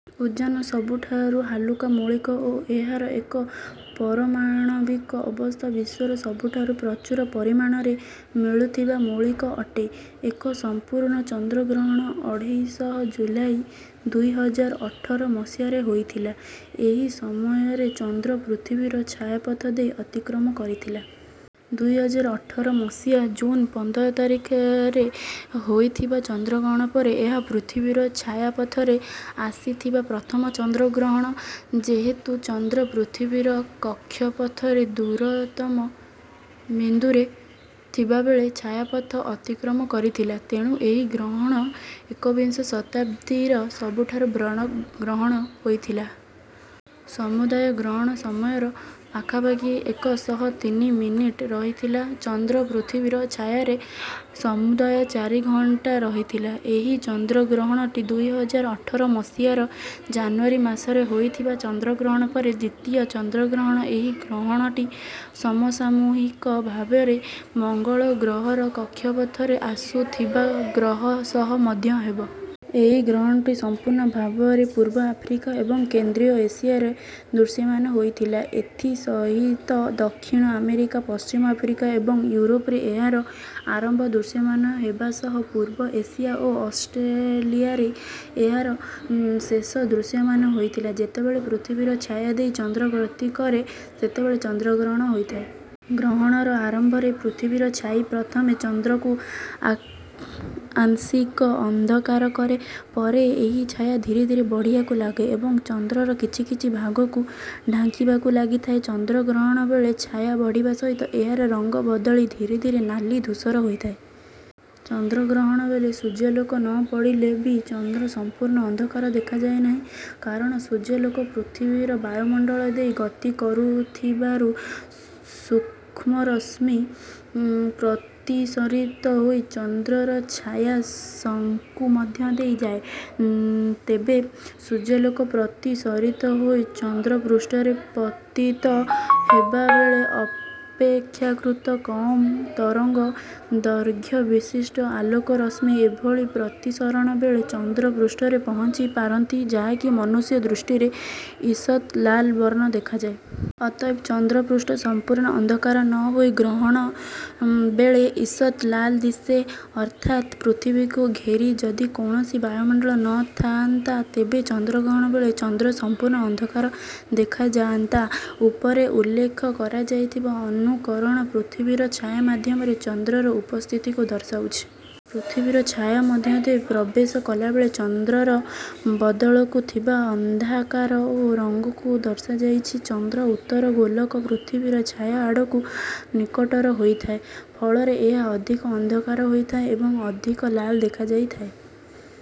ଉଦଜାନ ସବୁଠାରୁ ହାଲୁକା ମୌଳିକ ଓ ଏହାର ଏକ ପରମାଣବିକ ଅବସ୍ଥା ବିଶ୍ୱର ସବୁଠାରୁ ପ୍ରଚୁର ପରିମାଣରେ ମିଳୁଥିବା ମୌଳିକ ଅଟେ। ଏକ ସମ୍ପୂର୍ଣ୍ଣ ଚନ୍ଦ୍ରଗ୍ରହଣ ଅଠେଇଶ ଜୁଲାଇ ଦୁଇ ହଜାର ଅଠର ମସିହାରେ ହୋଇଥିଲା। ଏହି ସମୟରେ ଚନ୍ଦ୍ର ପୃଥିବୀର ଛାୟାପଥ ଦେଇ ଅତିକ୍ରମ କରିଥିଲା। ଦୁଇ ହଜାର ଅଠର ମସିହା ଜୁନ ପନ୍ଦର ତାରିଖରେ ହୋଇଥିବା ଚନ୍ଦ୍ରଗ୍ରହଣ ପରେ ଏହା ପୃଥିବୀର ଛାୟାପଥରେ ଆସିଥିବା ପ୍ରଥମ ଚନ୍ଦ୍ରଗ୍ରହଣ। ଯେହେତୁ ଚନ୍ଦ୍ର ପୃଥିବୀର କକ୍ଷପଥରେ ଦୂରତମ ବିନ୍ଦୁରେ ଥିବାବେଳେ ଛାୟାପଥ ଅତିକ୍ରମ କରିଥିଲା, ତେଣୁ ଏହି ଗ୍ରହଣ ଏକବିଂଶ ଶତାବ୍ଦୀର ସବୁଠାରୁ ବ୍ରଡ଼ ବଡ଼ ଗ୍ରହଣ ହୋଇଥିଲା। ସମୁଦାୟ ଗ୍ରହଣ ସମୟର ପାଖାପାଖି ଏକ ଶହ ତିନି ମିନିଟ ରହିଥିଲା। ଚନ୍ଦ୍ର ପୃଥିବୀର ଛାୟାରେ ସମୁଦାୟ ଚାରି ଘଣ୍ଟା ରହିଥିଲା। ଏହି ଚନ୍ଦ୍ରଗ୍ରହଣଟି ଦୁଇ ହଜାର ଅଠର ମସିହାର ଜାନୁଆରୀ ମାସରେ ହୋଇଥିବା ଚନ୍ଦ୍ରଗ୍ରହଣ ପରେ ଦ୍ୱିତୀୟ ଚନ୍ଦ୍ରଗ୍ରହଣ। ଏହି ଗ୍ରହଣଟି ସମସାମୂହିକ ଭାବରେ ମଙ୍ଗଳ ଗ୍ରହର କକ୍ଷପଥରେ ଆସୁଥିବା ଗ୍ରହ ସହ ମଧ୍ୟ ହେବ। ଏହି ଗ୍ରହଣଟି ସମ୍ପୂର୍ଣ୍ଣ ଭାବରେ ପୂର୍ବ ଆଫ୍ରିକା ଏବଂ କେନ୍ଦ୍ରୀୟ ଏସିଆରେ ଦୃଶ୍ୟମାନ ହୋଇଥିଲା। ଏଥିସହିତ ଦକ୍ଷିଣ ଆମେରିକା, ପଶ୍ଚିମ ଆଫ୍ରିକା ଏବଂ ୟୁରୋପରେ ଏହାର ଆରମ୍ଭ ଦୃଶ୍ୟମାନ ହେବା ସହ ପୂର୍ବ ଏସିଆ ଓ ଅଷ୍ଟ୍ରଲିଆରେ ଏହାର ଶେଷ ଦୃଶ୍ୟମାନ ହୋଇଥିଲା। ଯେତେବେଳେ ପୃଥିବୀର ଛାୟା ଦେଇ ଚନ୍ଦ୍ର ଗତି କରେ, ସେତେବେଳେ ଚନ୍ଦ୍ରଗ୍ରହଣ ହୋଇଥାଏ। ଗ୍ରହଣର ଆରମ୍ଭରେ ପୃଥିବୀର ଛାଇ ପ୍ରଥମେ ଚନ୍ଦ୍ରକୁ ଆ ଆଂଶିକ ଅନ୍ଧକାର କରେ। ପରେ ଏହି ଛାୟା ଧୀରେ ଧୀରେ ବଢ଼ିବାକୁ ଲାଗେ ଏବଂ ଚନ୍ଦ୍ରର କିଛି କିଛି ଭାଗକୁ ଢାଙ୍କିବାକୁ ଲାଗିଥାଏ। ଚନ୍ଦ୍ରଗ୍ରହଣ ବେଳେ ଛାୟା ବଢ଼ିବା ସହିତ ଏହାର ରଙ୍ଗ ବଦଳି ଧୀରେ ଧୀରେ ନାଲି ଧୂସର ହୋଇଥାଏ। ଚନ୍ଦ୍ରଗ୍ରହଣ ବେଳେ ସୂର୍ଯ୍ୟାଲୋକ ନ ପଡ଼ିଲେ ବି ଚନ୍ଦ୍ର ସମ୍ପୂର୍ଣ୍ଣ ଅନ୍ଧକାର ଦେଖାଯାଏ ନାହିଁ। କାରଣ ସୂର୍ଯ୍ୟାଲୋକ ପୃଥିବୀର ବାୟୁମଣ୍ଡଳ ଦେଇ ଗତି କରୁଥିବାରୁ ସୂକ୍ଷ୍ମରଶ୍ମି ପ୍ରତିସରିତ ହୋଇ ଚନ୍ଦ୍ରର ଛାୟା ଶଙ୍କୁ ମଧ୍ୟ ଦେଇ ଯାଏ। ତେବେ ସୂର୍ଯ୍ୟାଲୋକ ପ୍ରତିସରିତ ହୋଇ ଚନ୍ଦ୍ର ପୃଷ୍ଠରେ ପତିତ ହେବାବେଳେ ଅପେକ୍ଷାକୃତ କମ ତରଙ୍ଗ ଦୈର୍ଘ୍ୟ ବିଶିଷ୍ଟ ଆଲୋକ ରଶ୍ମି ଏଭଳି ପ୍ରତିସରଣ ବେଳେ ଚନ୍ଦ୍ର ପୃଷ୍ଠରେ ପହଞ୍ଚି ପାରନ୍ତି ଯାହାକି ମନୁଷ୍ୟ ଦୃଷ୍ଟିରେ ଇଷତ୍ ଲାଲ ବର୍ଣ୍ଣ ଦେଖାଯାଏ। ଅତଏବ ଚନ୍ଦ୍ର ପୃଷ୍ଠ ସମ୍ପୂର୍ଣ୍ଣ ଅନ୍ଧକାର ନ ହୋଇ ଗ୍ରହଣ ବେଳେ ଇଷତ୍ ଲାଲ ଦିଶେ। ଅର୍ଥାତ ପୃଥିବୀକୁ ଘେରି ଯଦି କୌଣସି ବାୟୁମଣ୍ଡଳ ନ ଥାଆନ୍ତା, ତେବେ ଚନ୍ଦ୍ରଗ୍ରହଣ ବେଳେ ଚନ୍ଦ୍ର ସମ୍ପୂର୍ଣ୍ଣ ଅନ୍ଧକାର ଦେଖାଯାଆନ୍ତା। ଉପରେ ଉଲ୍ଲେଖ କରାଯାଇଥିବା ଅନୁକରଣ ପୃଥିବୀର ଛାୟା ମାଧ୍ୟମରେ ଚନ୍ଦ୍ରର ଉପସ୍ଥିତିକୁ ଦର୍ଶାଉଛି। ପୃଥିବୀର ଛାୟା ମଧ୍ୟ ଦେଇ ପ୍ରବେଶ କଲାବେଳେ ଚନ୍ଦ୍ରର ବଦଳକୁଥିବା ଅନ୍ଧାକାର ଓ ରଙ୍ଗକୁ ଦର୍ଶାଯାଇଛି। ଚନ୍ଦ୍ର ଉତ୍ତର ଗୋଲାର୍ଦ୍ଧ ପୃଥିବୀର ଛାୟା ଆଡ଼କୁ ନିକଟର ହୋଇଥାଏ, ଫଳରେ ଏହା ଅଧିକ ଅନ୍ଧକାର ହୋଇଥାଏ ଏବଂ ଅଧିକ ଲାଲ ଦେଖାଯାଇଥାଏ ।